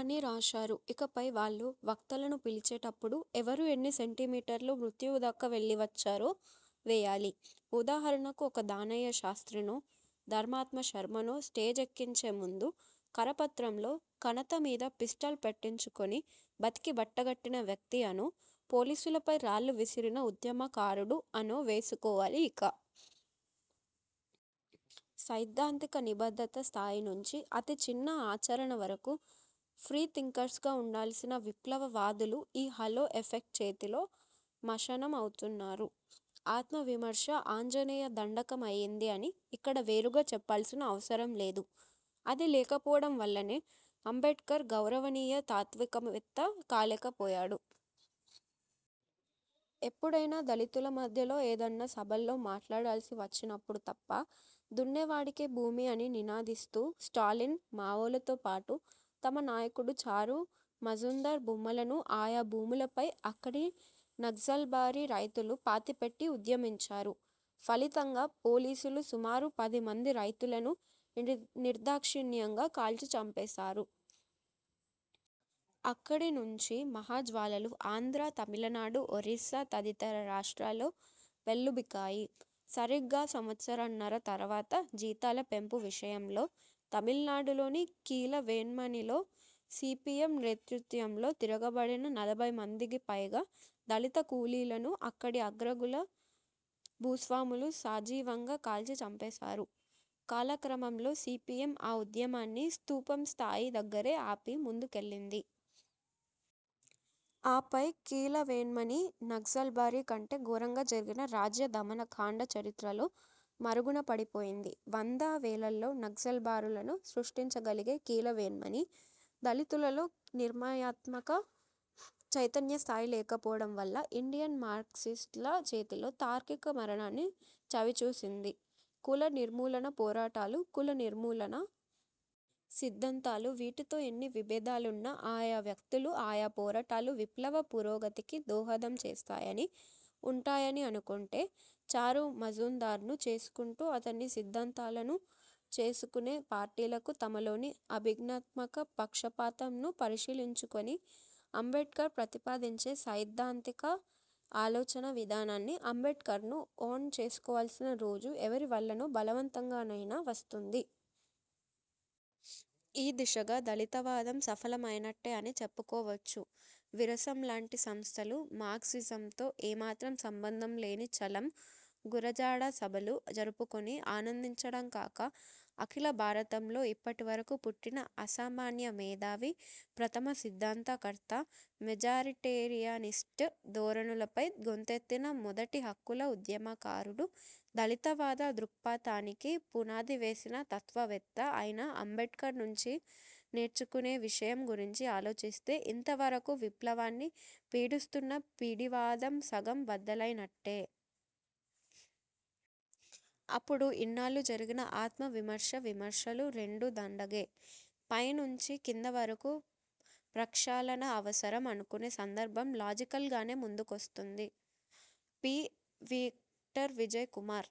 అని రాశారు. ఇకపై వాళ్ళు వక్తలను పిలిచేటప్పుడు, ఎవరు ఎన్ని సెంటిమీటర్లు మృత్యువు దాకా వెళ్ళి వచ్చారో వేయాలి. ఉదాహరణకు ఒక దానయ్య శాస్త్రినో, ధర్మాత్మ శర్మనో స్టేజ్ ఎక్కించే ముందు కరపత్రంలో ''కణత మీద పిస్టల్ పెట్టించుకుని బతికి బట్టగట్టిన వ్యక్తి'' అనో, ''పోలీసులపై రాళ్ళు విసిరిన ఉద్యమకారుడు'' అనో వేసుకోవాలి ఇక. సైద్ధాంతిక నిబద్ధత స్థాయి నుంచి, అతి చిన్న ఆచరణ వరకు 'ఫ్రీ థింకర్స్'గా ఉండాల్సిన విప్లవ వాదులు ఈ 'హాలో ఎఫెక్ట్' చేతిలో మశానం అవుతున్నారు. 'ఆత్మ విమర్శ' ఆంజనేయ దండకం అయ్యింది అని ఇక్కడ వేరుగా చెప్పాల్సిన అవసరం లేదు. అది లేకపోవడం వల్లనే అంబేడ్కర్ గౌరవనీయ తాత్వికవేత్త కాలేకపోయాడు. ఎప్పుడైనా దళితుల మధ్యలో ఏదన్నా సభల్లో మాట్లాడాల్సి వచ్చినప్పుడు తప్ప. 'దున్నేవాడికే భూమి' అని నినాదిస్తూ స్టాలిన్, మావోలతో పాటు తమ నాయకుడు చారు మజుందార్ బొమ్మలను ఆయా భూములపై అక్కడి నగ్జల్బరీ రైతులు పాతిపెట్టి ఉద్యమించారు.. ఫలితంగా పోలీసులు సుమారు పది మంది రైతులను నిర్దాక్షిణ్యంగా కాల్చి చంపేసారు. అక్కడి నుంచి మహా జ్వాలలు ఆంధ్ర, తమిళనాడు, ఒరిస్సా తదితర రాష్ట్రాల్లో పెల్లుబికాయి. సరిగ్గా సంవత్సరన్నర తర్వాత, జీతాల పెంపు విషయంలో తమిళనాడులోని కీలవేన్మణిలో సీపీఎం నేతృత్వంలో తిరగబడిన నలభై మందికి పైగా దళిత కూలీలను అక్కడి అగ్రకుల భూస్వాములు సజీవంగా కాల్చి చంపేసారు. కాలక్రమంలో సీపీఎం ఆ ఉద్యమాన్ని స్థూపం స్థాయి దగ్గరే ఆపి ముందుకెళ్ళింది. ఆపై కీలవేన్మణి, నగ్జల్బరీ కంటే ఘోరంగా జరిగిన రాజ్య దమనకాండ చరిత్రలో మరుగున పడిపోయింది. వంద, వేలల్లో నగ్జల్బరులను సృష్టించగలిగే కీలవేన్మణి, దళితులలో నిర్ణయాత్మక చైతన్య స్థాయి లేకపోవడం వల్ల, ఇండియన్ మార్క్సిస్టుల చేతిలో తార్కిక మరణాన్ని చవిచూసింది. కుల నిర్మూలనా పోరాటాలు, కుల నిర్మూలనా సిద్ధాంతాలు వీటితో ఎన్ని విభేదాలున్నా ఆయా వ్యక్తులు, ఆయా పోరాటాలు విప్లవ పురోగతికి దోహదం చేస్తాయనీ, ఉంటాయనీ అనుకుంటే, చారు మజుందార్ను '' చేసుకుంటూ అతని సిద్ధాంతాలను '' చేసుకునే పార్టీలకు, తమలోని అభిజ్ఞాత్మక పక్షపాతం ను పరిశీలించుకుని అంబేడ్కర్ ప్రతిపాదించే సైద్ధాంతిక ఆలోచన విధానాన్నీ, అంబేడ్కర్నూ 'ఓన్' చేసుకోవాల్సిన రోజు ఎవరి వల్లనో బలవంతంగానైనా వస్తుంది. ఈ దిశగా దళితవాదం సఫలం అయినట్టే అని చెప్పుకోవచ్చు. విరసం లాంటి సంస్థలు మార్క్సిజంతో ఏమాత్రం సంబంధం లేని చలం, గురజాడ సభలు జరుపుకుని ఆనందించడం కాక అఖిల భారతంలో ఇప్పటి వరకు పుట్టిన అసామాన్య మేధావి, ప్రథమ సిద్ధాంత కర్త, మెజారిటేరియనిస్ట్ ధోరణులపై గొంతెత్తిన మొదటి హక్కుల ఉద్యమకారుడు, దళితవాద దృక్పథానికి పునాదివేసిన తత్వవేత్త అయిన అంబేడ్కర్ నుంచి నేర్చుకునే విషయం గురించి ఆలోచిస్తే ఇంత వరకు విప్లవాన్ని పీడిస్తున్న పిడివాదం సగం బద్దలైనట్టే. అప్పుడు ఇన్నాళ్ళు జరిగిన ''ఆత్మ విమర్శ, విమర్శలు రెండూ దండగే, పై నుంచి కింద వరకు ప్రక్షాళన అవసరం'' అనుకునే సందర్భం లాజికల్ గానే ముందుకొస్తుంది. పి.విక్టర్ విజయ్ కుమార్